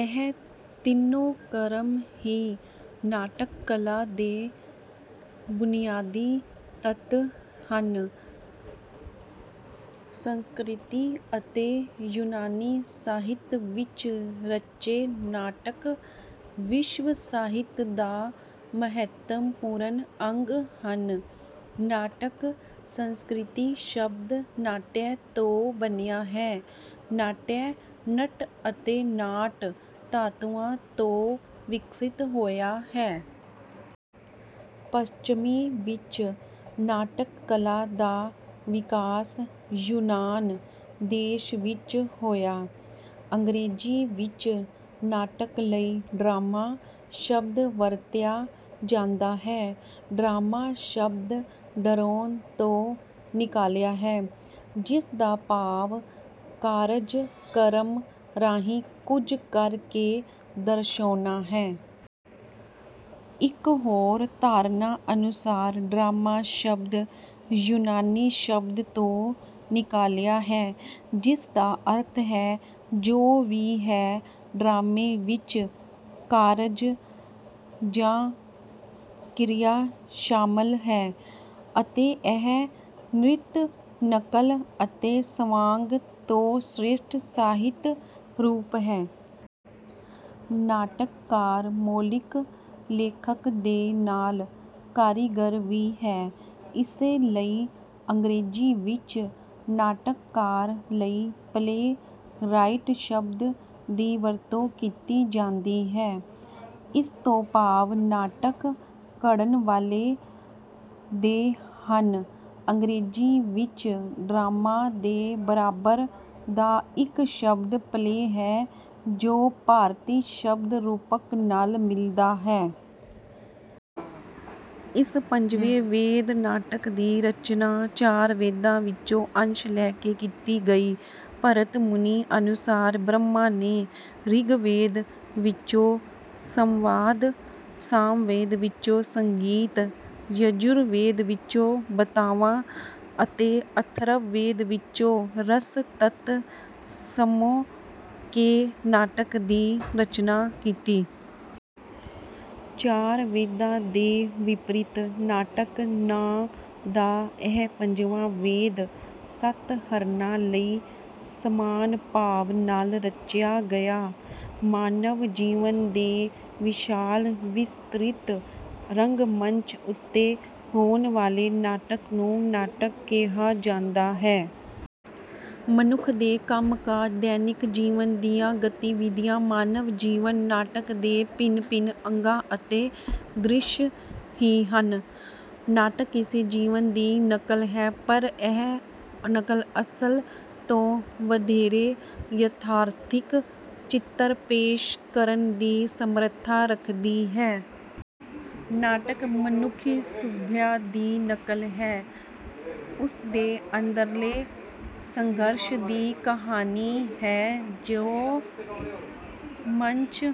ਇਹ ਤਿੰਨੇ ਕਰਮ ਹੀ ਨਾਟਕ ਕਲਾ ਦੇ ਬੁਨਿਆਦੀ ਤੱਤ ਹਨ। ਸੰਸਕ੍ਰਿਤ ਅਤੇ ਯੂਨਾਨੀ ਸਾਹਿਤ ਵਿੱਚ ਰਚੇ ਨਾਟਕ ਵਿਸ਼ਵ ਸਾਹਿਤ ਦਾ ਮਹੱਤਵਪੂਰਨ ਅੰਗ ਹਨ। ਨਾਟਕ ਸੰਸਕ੍ਰਿਤ ਸ਼ਬਦ ਨਾਟਯ ਤੋਂ ਬਣਿਆ ਹੈ। ਨਾਟਯ ਨਟ ਅਤੇ ਨਾਟ ਧਾਤੂਆਂ ਤੋਂ ਵਿਕਸਿਤ ਹੋਇਆ ਹੈ। ਪੱਛਮੀ ਵਿੱਚ ਨਾਟਕ ਕਲਾ ਦਾ ਵਿਕਾਸ ਯੂਨਾਨ ਦੇਸ਼ ਵਿੱਚ ਹੋਇਆ। ਅੰਗਰੇਜ਼ੀ ਵਿੱਚ ਨਾਟਕ ਲਈ ਡਰਾਮਾ ਸ਼ਬਦ ਵਰਤਿਆ ਜਾਂਦਾ ਹੈ। ਡਰਾਮਾ ਸ਼ਬਦ ਡਰਾਓ ਤੋਂ ਨਿਕਲਿਆ ਹੈ, ਜਿਸਦਾ ਭਾਵ ਕਾਰਜ ਜਾਂ ਕਰਮ ਰਾਹੀਂ ਕੁਝ ਕਰ ਕੇ ਦਰਸਾਉਣਾ ਹੈ। ਇੱਕ ਹੋਰ ਧਾਰਨਾ ਅਨੁਸਾਰ ਡਰਾਮਾ ਸ਼ਬਦ ਯੂਨਾਨੀ ਸ਼ਬਦ ਤੋਂ ਨਿਕਲਿਆ ਹੈ, ਜਿਸਦਾ ਅਰਥ ਹੈ। ਜੋ ਵੀ ਹੈ ਡਰਾਮੇ ਵਿੱਚ ਕਾਰਜ ਜਾਂ ਕਿਰਿਆ ਸ਼ਾਮਲ ਹੈ, ਅਤੇ ਇਹ ਨ੍ਰਿਤ, ਨਕਲ ਅਤੇ ਸਵਾਂਗ ਤੋਂ ਸ੍ਰੇਸ਼ਠ ਸਾਹਿਤ ਰੂਪ ਹੈ। ਨਾਟਕਕਾਰ ਮੌਲਿਕ ਲੇਖਕ ਦੇ ਨਾਲ ਕਾਰੀਗਰ ਵੀ ਹੈ। ਇਸੇ ਲਈ ਅੰਗਰੇਜ਼ੀ ਵਿੱਚ ਨਾਟਕਾਰ ਲਈ ਪਲੇਰਾਈਟ ਸ਼ਬਦ ਦੀ ਵਰਤੋਂ ਕੀਤੀ ਜਾਂਦੀ ਹੈ। ਇਸ ਤੋਂ ਭਾਵ ਨਾਟਕ ਘੜਨ ਵਾਲਾ ਦੇ ਹਨ। ਅੰਗਰੇਜ਼ੀ ਵਿੱਚ ਡਰਾਮਾ ਦੇ ਬਰਾਬਰ ਦਾ ਇੱਕ ਸ਼ਬਦ ਪਲੇ ਹੈ, ਜੋ ਭਾਰਤੀ ਸ਼ਬਦ ਰੂਪਕ ਨਾਲ ਮਿਲਦਾ ਹੈ। ਇਸ ਪੰਜਵੇਂ ਵੇਦ ਨਾਟਕ ਦੀ ਰਚਨਾ ਚਾਰ ਵੇਦਾਂ ਵਿੱਚੋਂ ਅੰਸ਼ ਲੈ ਕੇ ਕੀਤੀ ਗਈ। ਭਰਤ ਮੁਨੀ ਅਨੁਸਾਰ ਬ੍ਰਹਮਾ ਨੇ ਰਿਗਵੇਦ ਵਿੱਚੋਂ ਸੰਵਾਦ, ਸਾਮਵੇਦ ਵਿੱਚੋਂ ਸੰਗੀਤ, ਯਜੁਰ ਵੇਦ ਵਿੱਚੋਂ ਬਾਤਾਵਾਂ ਅਤੇ ਅਥਰਵ ਵੇਦ ਵਿੱਚੋਂ ਰਸ ਤੱਤ ਸਮੋ ਕੇ ਨਾਟਕ ਦੀ ਰਚਨਾ ਕੀਤੀ। ਚਾਰ ਵੇਦਾਂ ਦੇ ਵਿਪਰੀਤ ਨਾਟਕ ਨਾਂ ਦਾ ਇਹ ਪੰਜਵਾਂ ਵੇਦ ਸਭ ਵਰਨਾਂ ਲਈ ਸਮਾਨ ਭਾਵ ਨਾਲ ਰਚਿਆ ਗਿਆ। ਮਾਨਵ ਜੀਵਨ ਦੇ ਵਿਸ਼ਾਲ ਵਿਸਤ੍ਰਿਤ ਰੰਗ ਮੰਚ ਉੱਤੇ ਹੋਣ ਵਾਲੇ ਨਾਟਕ ਨੂੰ ਨਾਟਕ ਕਿਹਾ ਜਾਂਦਾ ਹੈ। ਮਨੁੱਖ ਦੇ ਕੰਮ ਕਾਜ, ਦੈਨਿਕ ਜੀਵਨ ਦੀਆਂ ਗਤੀਵਿਧੀਆਂ, ਮਾਨਵ ਜੀਵਨ ਨਾਟਕ ਦੇ ਭਿੰਨ ਭਿੰਨ ਅੰਗ ਅਤੇ ਦ੍ਰਿਸ਼ ਹੀ ਹਨ। ਨਾਟਕ ਕਿਸੇ ਜੀਵਨ ਦੀ ਨਕਲ ਹੈ, ਪਰ ਇਹ ਨਕਲ ਅਸਲ ਤੋਂ ਵਧੇਰੇ ਯਥਾਰਥਿਕ ਚਿੱਤਰ ਪੇਸ਼ ਕਰਨ ਦੀ ਸਮਰੱਥਾ ਰੱਖਦੀ ਹੈ। ਨਾਟਕ ਮਨੁੱਖੀ ਸੁਭਾਅ ਦੀ ਨਕਲ ਹੈ, ਉਸ ਦੇ ਅੰਦਰਲੇ ਸੰਘਰਸ਼ ਦੀ ਕਹਾਣੀ ਹੈ, ਜੋ ਮੰਚ